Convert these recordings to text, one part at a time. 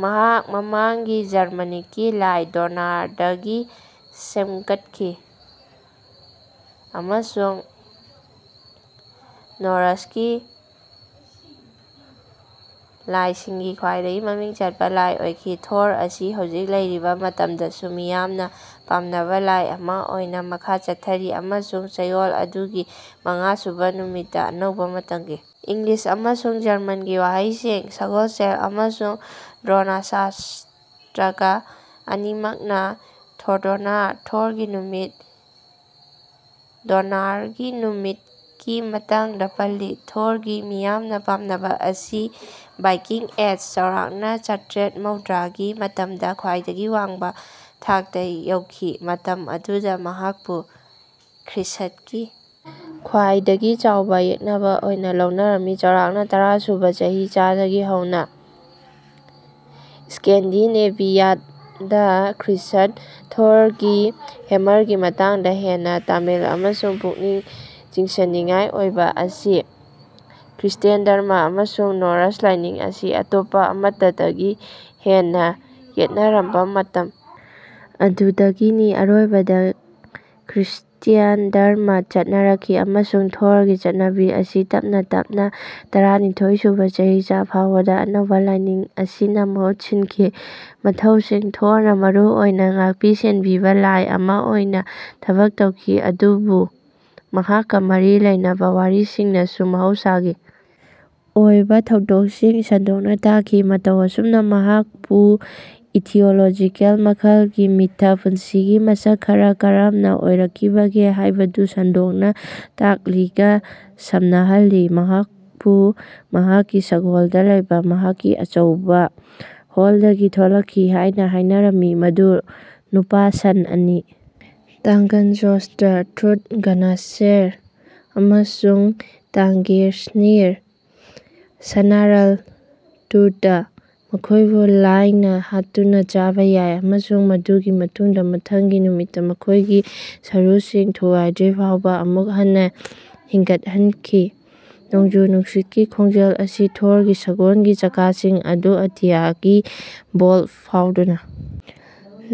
ꯃꯍꯥꯛ ꯃꯃꯥꯡꯒꯤ ꯖꯔꯃꯅꯤꯛꯀꯤ ꯂꯥꯏ ꯗꯣꯅꯥꯔꯗꯒꯤ ꯁꯦꯝꯒꯠꯈꯤ ꯑꯃꯁꯨꯡ ꯅꯣꯔꯁꯀꯤ ꯂꯥꯏꯁꯤꯡꯒꯤ ꯈ꯭ꯋꯥꯏꯗꯒꯤ ꯃꯃꯤꯡ ꯆꯠꯄ ꯂꯥꯏ ꯑꯣꯏꯈꯤ꯫ ꯊꯣꯔ ꯑꯁꯤ ꯍꯧꯖꯤꯛ ꯂꯩꯔꯤꯕ ꯃꯇꯝꯗꯁꯨ ꯃꯤꯌꯥꯝꯅ ꯄꯥꯝꯅꯕ ꯂꯥꯏ ꯑꯃ ꯑꯣꯏꯅ ꯃꯈꯥ ꯆꯠꯊꯔꯤ, ꯑꯃꯁꯨꯡ ꯆꯌꯣꯜ ꯑꯗꯨꯒꯤ ꯃꯉꯥꯁꯨꯕ ꯅꯨꯃꯤꯠꯇ ꯑꯅꯧꯕ ꯃꯇꯝꯒꯤ ꯏꯪꯂꯤꯁ ꯑꯃꯁꯨꯡ ꯖꯔꯃꯟꯒꯤ ꯋꯥꯍꯩꯁꯤꯡ ꯁꯒꯣꯜꯁꯦꯟ ꯑꯃꯁꯨꯡ ꯗ꯭ꯔꯣꯅꯁꯥꯁꯇ꯭ꯔꯥꯒ ꯑꯅꯤꯃꯛꯅ ꯊꯣꯔꯗꯣꯅꯥꯔ ("ꯊꯣꯔꯒꯤ ꯅꯨꯃꯤꯠ ꯗꯣꯅꯥꯔꯒꯤ ꯅꯨꯃꯤꯠ")ꯀꯤ ꯃꯇꯥꯡꯗ ꯄꯜꯂꯤ꯫ ꯊꯣꯔꯒꯤ ꯃꯤꯌꯥꯝꯅ ꯄꯥꯝꯅꯕ ꯑꯁꯤ ꯚꯥꯏꯀꯤꯡ ꯑꯦꯖ (ꯆꯥꯎꯔꯥꯛꯅ ꯆꯇ꯭ꯔꯦꯠ ꯃꯧꯗ꯭ꯔꯥ)ꯒꯤ ꯃꯇꯝꯗ ꯈ꯭ꯋꯥꯏꯗꯒꯤ ꯋꯥꯡꯕ ꯊꯥꯛꯇ ꯌꯧꯈꯤ, ꯃꯇꯝ ꯑꯗꯨꯗ ꯃꯍꯥꯛꯄꯨ ꯈ꯭ꯔꯤꯁꯠꯀꯤ ꯈ꯭ꯋꯥꯏꯗꯒꯤ ꯆꯥꯎꯕ ꯌꯦꯛꯅꯕ ꯑꯣꯏꯅ ꯂꯧꯅꯔꯝꯃꯤ, ꯆꯥꯎꯔꯥꯛꯅ ꯇꯔꯥ ꯁꯨꯕ ꯆꯍꯤꯆꯥꯗꯒꯤ ꯍꯧꯅ, ꯁ꯭ꯀꯦꯟꯗꯤꯅꯦꯚꯤꯌꯥꯗ ꯈ꯭ꯔꯤꯁꯠ꯫ ꯊꯣꯔꯒꯤ ꯍꯦꯝꯃꯔꯒꯤ ꯃꯇꯥꯡꯗ ꯍꯦꯟꯅ ꯇꯥꯃꯤꯜ ꯑꯃꯁꯨꯡ ꯄꯨꯛꯅꯤꯡ ꯆꯤꯡꯁꯤꯟꯅꯤꯡꯉꯥꯏ ꯑꯣꯏꯕ ꯑꯁꯤ ꯈ꯭ꯔꯤꯁ꯭ꯇ꯭ꯌꯥꯟ ꯙꯔꯃꯥ ꯑꯃꯁꯨꯡ ꯅꯣꯔꯁ ꯂꯥꯏꯅꯤꯡ ꯑꯁꯤ ꯑꯇꯣꯞꯄ ꯑꯃꯠꯇꯗꯒꯤ ꯍꯦꯟꯅ ꯌꯦꯠꯅꯔꯝꯕ ꯃꯇꯝ ꯑꯗꯨꯗꯒꯤꯅꯤ꯫ ꯑꯔꯣꯏꯕꯗ ꯈ꯭ꯔꯤꯁꯇ꯭ꯌꯥꯟ ꯙꯔꯃꯥ ꯆꯠꯅꯔꯛꯈꯤ ꯑꯃꯁꯨꯡ ꯊꯣꯔꯒꯤ ꯆꯠꯅꯕꯤ ꯑꯁꯤ ꯇꯞꯅ-ꯇꯞꯅ ꯇꯔꯥꯅꯤꯊꯣꯏꯁꯨꯕ ꯆꯍꯤꯆꯥ ꯐꯥꯎꯕꯗ ꯑꯅꯧꯕ ꯂꯥꯏꯅꯤꯡ ꯑꯁꯤꯅ ꯃꯍꯨꯠ ꯁꯤꯟꯈꯤ꯫ ꯃꯊꯧꯁꯤꯡ ꯊꯣꯔꯅ ꯃꯔꯨ ꯑꯣꯏꯅ ꯉꯥꯛꯄꯤ-ꯁꯦꯟꯕꯤꯕ-ꯂꯥꯏ ꯑꯃ ꯑꯣꯏꯅ ꯊꯕꯛ ꯇꯧꯈꯤ, ꯑꯗꯨꯕꯨ ꯃꯍꯥꯛꯀ ꯃꯔꯤ ꯂꯩꯅꯕ ꯋꯥꯔꯤꯁꯤꯡꯅꯁꯨ ꯃꯍꯧꯁꯥꯒꯤ ꯑꯣꯏꯕ ꯊꯧꯗꯣꯛꯁꯤꯡ ꯁꯟꯗꯣꯛꯅ ꯇꯥꯛꯈꯤ, ꯃꯇꯧ ꯑꯁꯨꯝꯅ ꯃꯍꯥꯛꯄꯨ ꯏꯊꯤꯑꯣꯂꯣꯖꯤꯀꯦꯜ ꯃꯈꯜꯒꯤ ꯃꯤꯊ (ꯄꯨꯟꯁꯤꯒꯤ ꯃꯁꯛ ꯈꯔ ꯀꯔꯝꯅ ꯑꯣꯏꯔꯛꯈꯤꯕꯒꯦ ꯍꯥꯏꯕꯗꯨ ꯁꯟꯗꯣꯛꯅ ꯇꯥꯛꯂꯤ)ꯒ ꯁꯝꯅꯍꯜꯂꯤ꯫ ꯃꯍꯥꯛꯄꯨ ꯃꯍꯥꯛꯀꯤ ꯁꯒꯣꯜꯗ ꯂꯩꯕ ꯃꯍꯥꯛꯀꯤ ꯑꯆꯧꯕ ꯍꯣꯜꯗꯒꯤ ꯊꯣꯔꯛꯈꯤ ꯍꯥꯏꯅ ꯍꯥꯏꯅꯔꯝꯃꯤ, ꯃꯗꯨ ꯅꯨꯄꯥ ꯁꯟ ꯑꯅꯤ ꯇꯥꯡꯒꯟꯖꯣꯁ꯭ꯇꯔ (ꯊ꯭ꯔꯨꯠ ꯒꯅꯥꯁꯦꯔ) ꯑꯃꯁꯨꯡ ꯇꯥꯡꯒ꯭ꯔꯤꯁꯅꯤꯔ (ꯁꯅꯥꯔꯜ ꯇꯨꯇꯥ) ꯃꯈꯣꯏꯕꯨ ꯂꯥꯏꯅ ꯍꯥꯠꯇꯨꯅ ꯆꯥꯕ ꯌꯥꯏ ꯑꯃꯁꯨꯡ ꯃꯗꯨꯒꯤ ꯃꯇꯨꯡꯗ ꯃꯊꯪꯒꯤ ꯅꯨꯃꯤꯠꯇ ꯃꯈꯣꯏꯒꯤ ꯁꯔꯨꯁꯤꯡ ꯊꯨꯒꯥꯏꯗ꯭ꯔꯤꯐꯥꯎꯕ ꯑꯃꯨꯛ ꯍꯟꯅ ꯍꯤꯡꯒꯠꯍꯟꯈꯤ꯫ ꯅꯣꯡꯖꯨ-ꯅꯨꯡꯁꯤꯠꯀꯤ ꯈꯣꯟꯖꯦꯜ ꯑꯁꯤ ꯊꯣꯔꯒꯤ ꯁꯒꯣꯜꯒꯤ ꯆꯀꯥꯁꯤꯡ ꯑꯗꯨ ꯑꯇꯤꯌꯥꯒꯤ ꯚꯣꯜ꯭ꯇ ꯐꯥꯎꯗꯨꯅ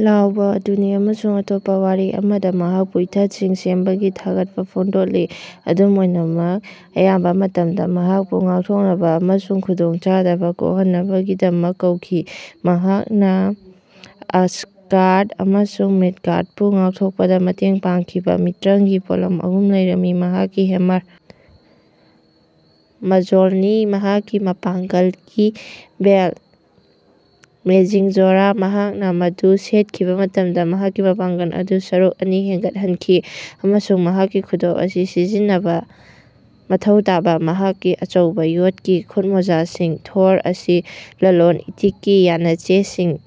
ꯂꯥꯎꯕ ꯑꯗꯨꯅꯤ ꯑꯃꯁꯨꯡ ꯑꯇꯣꯞꯄ ꯋꯥꯔꯤ ꯑꯃꯗ, ꯃꯍꯥꯛꯄꯨ ꯏꯊꯠꯁꯤꯡ ꯁꯦꯝꯕꯒꯤ ꯊꯥꯒꯠꯄ ꯐꯣꯡꯗꯣꯛꯂꯤ꯫ ꯑꯗꯨꯝ ꯑꯣꯏꯅꯃꯛ, ꯑꯌꯥꯝꯕ ꯃꯇꯝꯗ, ꯃꯍꯥꯛꯄꯨ ꯉꯥꯛꯊꯣꯛꯅꯕ ꯑꯃꯁꯨꯡ ꯈꯨꯗꯣꯡꯆꯥꯗꯕ ꯀꯣꯛꯍꯟꯅꯕꯒꯤꯗꯃꯛ ꯀꯧꯈꯤ꯫ ꯃꯍꯥꯛꯅ ꯑꯁꯒꯥꯔ꯭ꯗ ꯑꯃꯁꯨꯡ ꯃꯤꯗꯒꯥꯔ꯭ꯗꯄꯨ ꯉꯥꯛꯊꯣꯛꯄꯗ ꯃꯇꯦꯡ ꯄꯥꯡꯈꯤꯕ ꯃꯤꯇ꯭ꯔꯪꯒꯤ ꯄꯣꯠꯂꯝ ꯑꯍꯨꯝ ꯂꯩꯔꯝꯃꯤ꫰ꯃꯍꯥꯛꯀꯤ ꯍꯦꯝꯃꯔ ꯃꯖꯣꯜꯅꯤ, ꯃꯍꯥꯛꯀꯤ ꯄꯥꯡꯒꯜꯒꯤ ꯕꯦꯜ꯭ꯇ ꯃꯦꯖꯤꯡꯖꯣꯔꯥ (ꯃꯍꯥꯛꯅ ꯃꯗꯨ ꯁꯦꯠꯈꯤꯕ ꯃꯇꯝꯗ ꯃꯍꯥꯛꯀꯤ ꯄꯥꯡꯒꯜ ꯑꯗꯨ ꯁꯔꯨꯛ ꯑꯅꯤ ꯍꯦꯟꯒꯠꯍꯟꯈꯤ), ꯑꯃꯁꯨꯡ ꯃꯍꯥꯛꯀꯤ ꯈꯨꯗꯣꯞ ꯑꯁꯤ ꯁꯤꯖꯤꯟꯅꯕ ꯃꯊꯧ ꯇꯥꯕ ꯃꯍꯥꯛꯀꯤ ꯑꯆꯧꯕ ꯌꯣꯠꯀꯤ ꯈꯨꯠꯃꯣꯖꯥꯁꯤꯡ꯫ ꯊꯣꯔ ꯑꯁꯤ ꯂꯂꯣꯟ-ꯏꯇꯤꯛꯀꯤ ꯌꯥꯅꯆꯦꯁꯤꯡ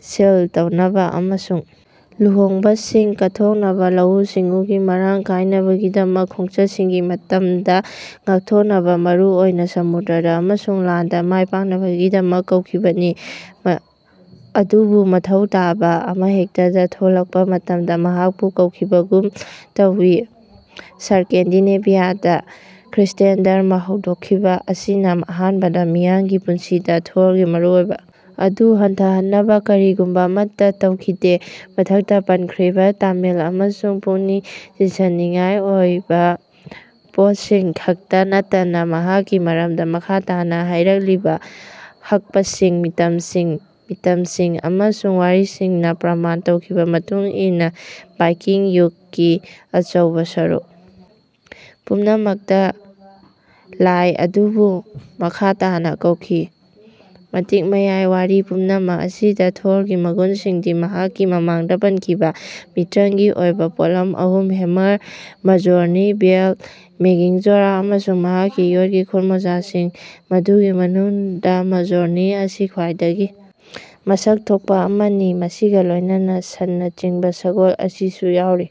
ꯁꯤꯜ ꯇꯧꯅꯕ ꯑꯃꯁꯨꯡ ꯂꯨꯍꯣꯡꯕꯁꯤꯡ ꯀꯠꯊꯣꯛꯅꯕ, ꯂꯧꯎ-ꯁꯤꯡꯎꯒꯤ ꯃꯔꯥꯡ ꯀꯥꯏꯅꯕꯒꯤꯗꯃꯛ, ꯈꯣꯡꯆꯠꯁꯤꯡꯒꯤ ꯃꯇꯝꯗ ꯉꯥꯛꯊꯣꯛꯅꯕ (ꯃꯔꯨꯑꯣꯏꯅ ꯁꯃꯨꯗ꯭ꯔꯗ) ꯑꯃꯁꯨꯡ ꯂꯥꯟꯗ ꯃꯥꯏꯄꯥꯛꯅꯕꯒꯤꯗꯃꯛ ꯀꯧꯈꯤꯕꯅꯤ, ꯃꯥ ꯑꯗꯨꯕꯨ ꯃꯊꯧ ꯇꯥꯕ ꯑꯃꯍꯦꯛꯇꯗ ꯊꯣꯛꯂꯛꯄ ꯃꯇꯝꯗ ꯃꯍꯥꯛꯄꯨ ꯀꯧꯈꯤꯕꯒꯨꯝ ꯇꯧꯋꯤ꯫ ꯁꯔꯀꯦꯟꯗꯤꯅꯦꯚꯤꯌꯥꯗ ꯈ꯭ꯔꯤꯁ꯭ꯇ꯭ꯌꯥꯟ ꯙꯔꯃꯥ ꯍꯧꯗꯣꯛꯈꯤꯕ ꯑꯁꯤꯅ ꯑꯍꯥꯟꯕꯗ ꯃꯤꯌꯥꯝꯒꯤ ꯄꯨꯟꯁꯤꯗ ꯊꯣꯔꯒꯤ ꯃꯔꯨꯑꯣꯏꯕ ꯑꯗꯨ ꯍꯟꯊꯍꯟꯅꯕ ꯀꯔꯤꯒꯨꯝꯕ ꯑꯃꯠꯇ ꯇꯧꯈꯤꯗꯦ꯫ ꯃꯊꯛꯇ ꯄꯟꯈ꯭ꯔꯤꯕ ꯇꯥꯃꯤꯜ ꯑꯃꯁꯨꯡ ꯄꯨꯛꯅꯤꯡ ꯆꯤꯡꯁꯤꯟꯅꯤꯡꯉꯥꯏ ꯑꯣꯏꯕ ꯄꯣꯠꯁꯤꯡ ꯈꯛꯇ ꯅꯠꯇꯅ ꯃꯍꯥꯛꯀꯤ ꯃꯔꯝꯗ ꯃꯈꯥ ꯇꯥꯅ ꯍꯥꯏꯔꯛꯂꯤꯕ ꯍꯛꯄꯁꯤꯡ, ꯃꯤꯇꯝꯁꯤꯡ, ꯃꯤꯇꯝꯁꯤꯡ ꯑꯃꯁꯨꯡ ꯋꯥꯔꯤꯁꯤꯡꯅ ꯄ꯭ꯔꯃꯥꯟ ꯇꯧꯈꯤꯕ ꯃꯇꯨꯡ ꯏꯟꯅ ꯚꯥꯏꯀꯤꯡ ꯌꯨꯒꯀꯤ ꯑꯆꯧꯕ ꯁꯔꯨꯛ ꯄꯨꯝꯅꯃꯛꯇ ꯂꯥꯏ ꯑꯗꯨꯕꯨ ꯃꯈꯥ ꯇꯥꯅ ꯀꯧꯈꯤ꯫ ꯃꯇꯤꯛ ꯃꯌꯥꯏ ꯋꯥꯔꯤ ꯄꯨꯝꯅꯃꯛ ꯑꯁꯤꯗ, ꯊꯣꯔꯒꯤ ꯃꯒꯨꯟꯁꯤꯡꯗꯤ ꯃꯍꯥꯛꯀꯤ ꯃꯃꯥꯡꯗ ꯄꯟꯈꯤꯕ ꯃꯤꯇ꯭ꯔꯪꯒꯤ ꯑꯣꯏꯕ ꯄꯣꯠꯂꯝ ꯑꯍꯨꯝ ꯍꯦꯝꯃꯔ ꯃꯖꯣꯔꯅꯤꯔ, ꯕꯦꯜꯠ ꯃꯦꯒꯤꯡꯖꯣꯔꯣ, ꯑꯃꯁꯨꯡ ꯃꯍꯥꯛꯀꯤ ꯌꯣꯠꯀꯤ ꯈꯨꯠꯃꯣꯖꯥꯁꯤꯡ, ꯃꯗꯨꯒꯤ ꯃꯅꯨꯡꯗ ꯃꯖꯣꯔꯅꯤꯔ ꯑꯁꯤ ꯈ꯭ꯋꯥꯏꯗꯒꯤ ꯃꯁꯛ ꯊꯣꯛꯄ ꯑꯃꯅꯤ ꯃꯁꯤꯒ ꯂꯣꯏꯅꯅ ꯁꯟꯅ ꯆꯤꯡꯕ ꯁꯒꯣꯜ ꯑꯁꯤꯁꯨ ꯌꯥꯎꯔꯤ꯫